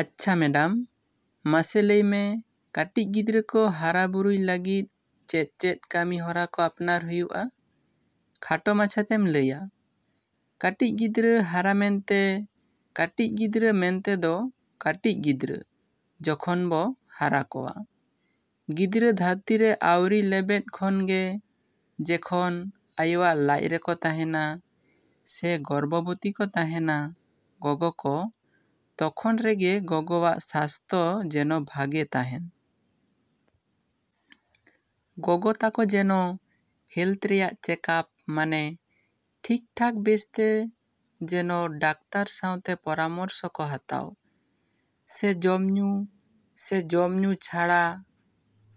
ᱟᱪᱪᱷᱟ ᱢᱮᱰᱟᱢ, ᱢᱟᱥᱮ ᱞᱟᱹᱭ ᱢᱮ ᱠᱟᱹᱴᱤᱡ ᱜᱤᱫᱽᱨᱟᱹ ᱠᱚ ᱦᱟᱨᱟ ᱵᱩᱨᱩᱭ ᱞᱟᱹᱜᱤᱫ ᱪᱮᱫᱼᱪᱮᱫ ᱠᱟᱹᱢᱤ ᱦᱚᱨᱟ ᱠᱚ ᱟᱯᱱᱟᱨ ᱦᱩᱭᱩᱜᱼᱟ? ᱠᱷᱟᱴᱚ ᱢᱟᱪᱷᱟᱛᱮᱢ ᱞᱟᱹᱭᱟ? ᱠᱟᱹᱴᱤᱡ ᱜᱤᱫᱽᱨᱟᱹ ᱦᱟᱨᱟ ᱢᱮᱱᱛᱮ, ᱠᱟᱹᱴᱤᱡ ᱜᱤᱫᱽᱨᱟᱹ ᱢᱮᱱᱛᱮᱫᱚ ᱠᱟᱹᱴᱤᱡ ᱜᱤᱫᱽᱨᱟᱹ ᱡᱚᱠᱷᱚᱱ ᱵᱚ ᱦᱟᱨᱟ ᱠᱚᱣᱟ, ᱜᱤᱫᱽᱨᱟᱹ ᱫᱷᱟᱹᱨᱛᱤ ᱨᱮ ᱟᱣᱨᱤ ᱞᱮᱵᱮᱫ ᱠᱷᱚᱱ ᱜᱮ ᱡᱮᱠᱷᱚᱱ ᱟᱭᱚᱣᱟᱼᱜ ᱞᱟᱡ ᱨᱮᱠᱚ ᱛᱟᱦᱮᱱᱟ ᱥᱮ ᱜᱚᱨᱵᱷᱚᱵᱚᱛᱤ ᱠᱚ ᱛᱟᱦᱮᱱᱟ ᱜᱚᱜᱚ ᱠᱚ, ᱛᱚᱠᱷᱚᱱ ᱨᱮᱜᱮ ᱜᱚᱜᱚᱣᱟᱜ ᱥᱟᱥᱛᱚ ᱡᱮᱱᱚ ᱵᱷᱟᱜᱮ ᱛᱟᱦᱮᱱ᱾ ᱜᱚᱜᱚ ᱛᱟᱠᱚ ᱡᱮᱱᱚ ᱦᱮᱞᱛᱷ ᱨᱮᱭᱟᱜ ᱪᱮᱠᱟᱯ ᱢᱟᱱᱮ ᱴᱷᱤᱠ ᱴᱷᱟᱠ ᱵᱮᱥᱛᱮ ᱡᱮᱱᱚ ᱰᱟᱠᱛᱟᱨ ᱥᱟᱶᱛᱮ ᱯᱚᱨᱟᱢᱚᱨᱥᱚ ᱠᱚ ᱦᱟᱛᱟᱣ, ᱥᱮ ᱡᱚᱢ ᱧᱩ ᱥᱮ ᱡᱚᱢ ᱧᱩ ᱪᱷᱟᱲᱟ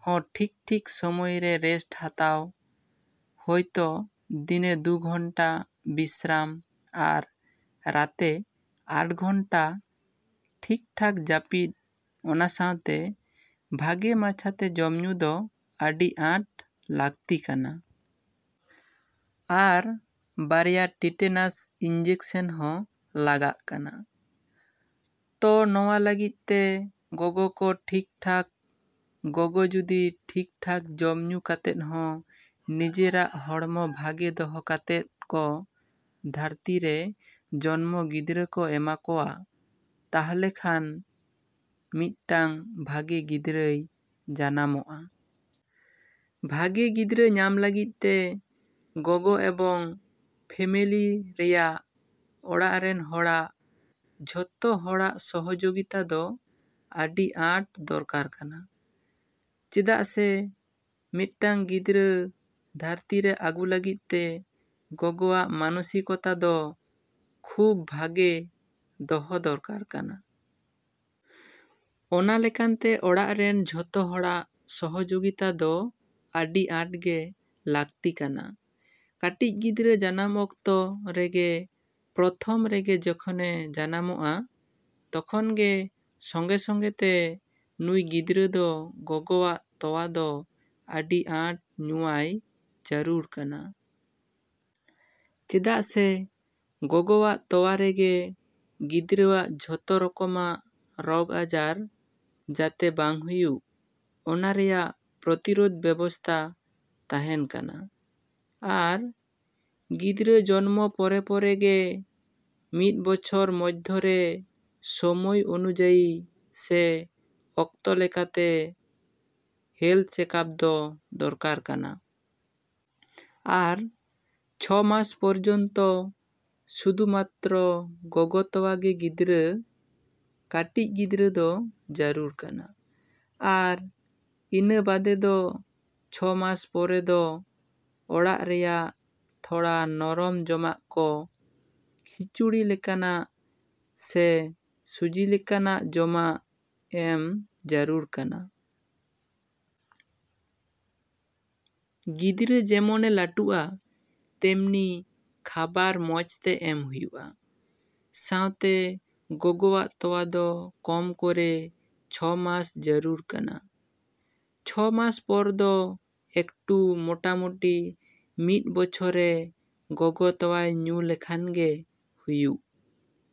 ᱦᱚᱸ ᱴᱷᱤᱠ ᱴᱷᱤᱠ ᱥᱚᱢᱚᱭ ᱨᱮ ᱨᱮᱥᱴ ᱦᱟᱛᱟᱣ, ᱦᱚᱭᱛᱚ ᱫᱤᱱᱮ ᱫᱩ ᱜᱷᱚᱱᱴᱟ ᱵᱤᱥᱨᱟᱢ ᱟᱨ ᱨᱟᱛᱮ ᱟᱴ ᱜᱷᱚᱱᱴᱟ ᱴᱷᱤᱠ ᱴᱷᱟᱠ ᱡᱟᱹᱯᱤᱫ, ᱚᱱᱟ ᱥᱟᱶᱛᱮ ᱵᱷᱟᱜᱮ ᱢᱟᱪᱷᱟᱛᱮ ᱡᱚᱢ ᱧᱩ ᱫᱚ ᱟᱹᱰᱤ ᱟᱸᱴ ᱞᱟᱠᱛᱤ ᱠᱟᱱᱟ᱾ ᱟᱨ ᱵᱟᱨᱭᱟ ᱴᱤᱴᱮᱱᱟᱥ ᱤᱱᱡᱮᱠᱥᱮᱱ ᱦᱚᱸ ᱞᱟᱜᱟᱜ ᱠᱟᱱᱟ᱾ ᱛᱚ ᱱᱚᱣᱟ ᱞᱟᱹᱜᱤᱫ ᱛᱮ ᱜᱚᱜᱚ ᱠᱚ ᱴᱷᱤᱠ ᱴᱷᱟᱠ, ᱜᱚᱜᱚ ᱡᱩᱫᱤ ᱴᱷᱤᱠ ᱴᱷᱟᱠ ᱡᱚᱢ ᱧᱩ ᱠᱟᱛᱮᱫ ᱦᱚᱸ ᱱᱤᱡᱮᱨᱟᱜ ᱦᱚᱲᱢᱚ ᱵᱷᱟᱜᱮ ᱫᱚᱦᱚ ᱠᱟᱛᱮᱫ ᱠᱚ ᱫᱷᱟᱹᱨᱛᱤ ᱨᱮ ᱡᱚᱱᱢᱚ ᱜᱤᱫᱽᱨᱟᱹ ᱠᱚ ᱮᱢᱟ ᱠᱚᱣᱟ, ᱛᱟᱦᱞᱮ ᱠᱷᱟᱱ ᱢᱤᱫᱴᱟᱹᱝ ᱵᱷᱟᱜᱮ ᱜᱤᱫᱽᱨᱟᱹᱭ ᱡᱟᱱᱟᱢᱚᱜᱼᱟ᱾ ᱵᱷᱟᱜᱮ ᱜᱤᱫᱽᱨᱟᱹ ᱧᱟᱢ ᱞᱟᱹᱜᱤᱫ ᱛᱮ ᱜᱚᱜᱚ ᱮᱵᱚᱝ ᱯᱷᱮᱢᱮᱞᱤ ᱨᱮᱭᱟᱜ ᱚᱲᱟᱜ ᱨᱮᱱ ᱦᱚᱲᱟᱜ ᱡᱷᱚᱛᱚ ᱦᱚᱲᱟᱜ ᱥᱚᱦᱚᱡᱚᱜᱤᱛᱟ ᱫᱚ ᱟᱹᱰᱤ ᱟᱸᱴ ᱫᱚᱨᱠᱟᱨ ᱠᱟᱱᱟ᱾ ᱪᱮᱫᱟᱜ ᱥᱮ ᱢᱤᱫᱴᱟᱹᱝ ᱜᱤᱫᱽᱨᱟᱹ ᱫᱷᱟᱹᱨᱛᱤ ᱨᱮ ᱟᱹᱜᱩ ᱞᱟᱹᱜᱤᱫ ᱛᱮ ᱜᱚᱜᱚᱣᱟᱜ ᱢᱟᱱᱚᱥᱤᱠᱚᱛᱟ ᱫᱚ ᱠᱷᱩᱵᱽ ᱵᱷᱟᱜᱮ ᱫᱚᱦᱚ ᱫᱚᱨᱠᱟᱨ ᱠᱟᱱᱟ᱾ ᱚᱱᱟ ᱞᱮᱠᱟᱱ ᱛᱮ ᱚᱲᱟᱜ ᱨᱮᱱ ᱡᱷᱚᱛᱚ ᱦᱚᱲᱟᱜ ᱥᱚᱦᱚᱡᱚᱜᱤᱛᱟ ᱫᱚ ᱟᱹᱰᱤ ᱟᱸᱴ ᱜᱮ ᱞᱟᱠᱛᱤ ᱠᱟᱱᱟ᱾ ᱠᱟᱹᱴᱤᱡ ᱜᱤᱫᱽᱨᱟᱹ ᱡᱟᱱᱟᱢ ᱚᱠᱛᱚ ᱨᱮᱜᱮ ᱯᱨᱚᱛᱷᱚᱢ ᱨᱮᱜᱮ ᱡᱮᱠᱷᱚᱱᱮ ᱡᱟᱱᱟᱢᱚᱜᱼᱟ, ᱛᱚᱠᱷᱚᱱ ᱜᱮ ᱥᱚᱸᱜᱮᱼᱥᱚᱸᱜᱮ ᱛᱮ ᱱᱩᱭ ᱜᱤᱫᱽᱨᱟᱹ ᱫᱚ ᱜᱚᱜᱚᱣᱟᱜ ᱛᱚᱣᱟ ᱫᱚ ᱟᱹᱰᱤ ᱟᱸᱴ ᱧᱩᱣᱟᱭ ᱡᱟᱹᱨᱩᱲ ᱠᱟᱱᱟ᱾ ᱪᱮᱫᱟᱜ ᱥᱮ ᱜᱚᱜᱚᱣᱟᱜ ᱛᱚᱣᱟ ᱨᱮᱜᱮ ᱜᱤᱫᱽᱨᱟᱹᱣᱟᱜ ᱡᱷᱚᱛᱚ ᱨᱚᱠᱚᱢᱟᱜ ᱨᱚᱜᱽ ᱟᱡᱟᱨ ᱡᱟᱛᱮ ᱵᱟᱝ ᱦᱩᱭᱩᱜ, ᱚᱱᱟ ᱨᱮᱭᱟᱜ ᱯᱨᱚᱛᱤᱨᱚᱫᱷ ᱵᱮᱵᱚᱥᱛᱷᱟ ᱛᱟᱦᱮᱱ ᱠᱟᱱᱟ ᱟᱨ ᱜᱤᱫᱽᱨᱟᱹ ᱡᱚᱱᱢᱚ ᱯᱚᱨᱮᱼᱯᱚᱨᱮ ᱜᱮ ᱢᱤᱫ ᱵᱚᱪᱷᱚᱨ ᱢᱚᱫᱷᱭᱚ ᱨᱮ ᱥᱚᱢᱚᱭ ᱚᱱᱩᱡᱟᱭᱤ ᱥᱮ ᱚᱠᱛᱚ ᱞᱮᱠᱟᱛᱮ ᱦᱮᱞᱛᱷ ᱪᱮᱠᱟᱯ ᱫᱚ ᱫᱚᱨᱠᱟᱨ ᱠᱟᱱᱟ᱾ ᱟᱨ ᱪᱷᱚ ᱢᱟᱥ ᱯᱚᱨᱡᱚᱱᱛᱚ ᱥᱩᱫᱩ ᱢᱟᱛᱨᱚ ᱜᱚᱜᱚ ᱛᱚᱣᱟ ᱜᱮ ᱜᱤᱫᱽᱨᱟᱹ, ᱠᱟᱹᱴᱤᱡ ᱜᱤᱫᱽᱨᱟᱹ ᱫᱚ ᱡᱟᱹᱨᱩᱲ ᱠᱟᱱᱟ᱾ ᱟᱨ ᱤᱱᱟᱹ ᱵᱟᱫᱮ ᱫᱚ ᱪᱷᱚ ᱢᱟᱥ ᱯᱚᱨᱮ ᱫᱚ ᱚᱲᱟᱜ ᱨᱮᱭᱟᱜ ᱛᱷᱚᱲᱟ ᱱᱚᱨᱚᱢ ᱡᱚᱢᱟᱜ ᱠᱚ, ᱠᱷᱤᱪᱩᱲᱤ ᱞᱮᱠᱟᱱᱟᱜ ᱥᱮ ᱥᱩᱡᱤ ᱞᱮᱠᱟᱱᱟᱜ ᱡᱚᱢᱟᱜ ᱮᱢ ᱡᱟᱹᱨᱩᱲ ᱠᱟᱱᱟ᱾ ᱜᱤᱫᱽᱨᱟᱹ ᱡᱮᱢᱚᱱᱮ ᱞᱟᱹᱴᱩᱜᱼᱟ ᱛᱮᱢᱱᱤ ᱠᱷᱟᱵᱟᱨ ᱢᱚᱡᱽ ᱛᱮ ᱮᱢ ᱦᱩᱭᱩᱜᱼᱟ, ᱥᱟᱶᱛᱮ ᱜᱚᱜᱚᱣᱟᱜ ᱛᱚᱣᱟ ᱫᱚ ᱠᱚᱢ ᱠᱚᱨᱮ ᱪᱷᱚ ᱢᱟᱥ ᱡᱟᱹᱨᱩᱲ ᱠᱟᱱᱟ᱾ ᱪᱷᱚ ᱢᱟᱥ ᱯᱚᱨ ᱫᱚ ᱮᱠᱴᱩ ᱢᱚᱴᱟᱼᱢᱩᱴᱤ ᱢᱤᱫ ᱵᱚᱪᱷᱚᱨᱮ ᱜᱚᱜᱚ ᱛᱚᱣᱟᱭ ᱧᱩ ᱞᱮᱠᱷᱟᱱ ᱜᱮ ᱦᱩᱭᱩᱜ᱾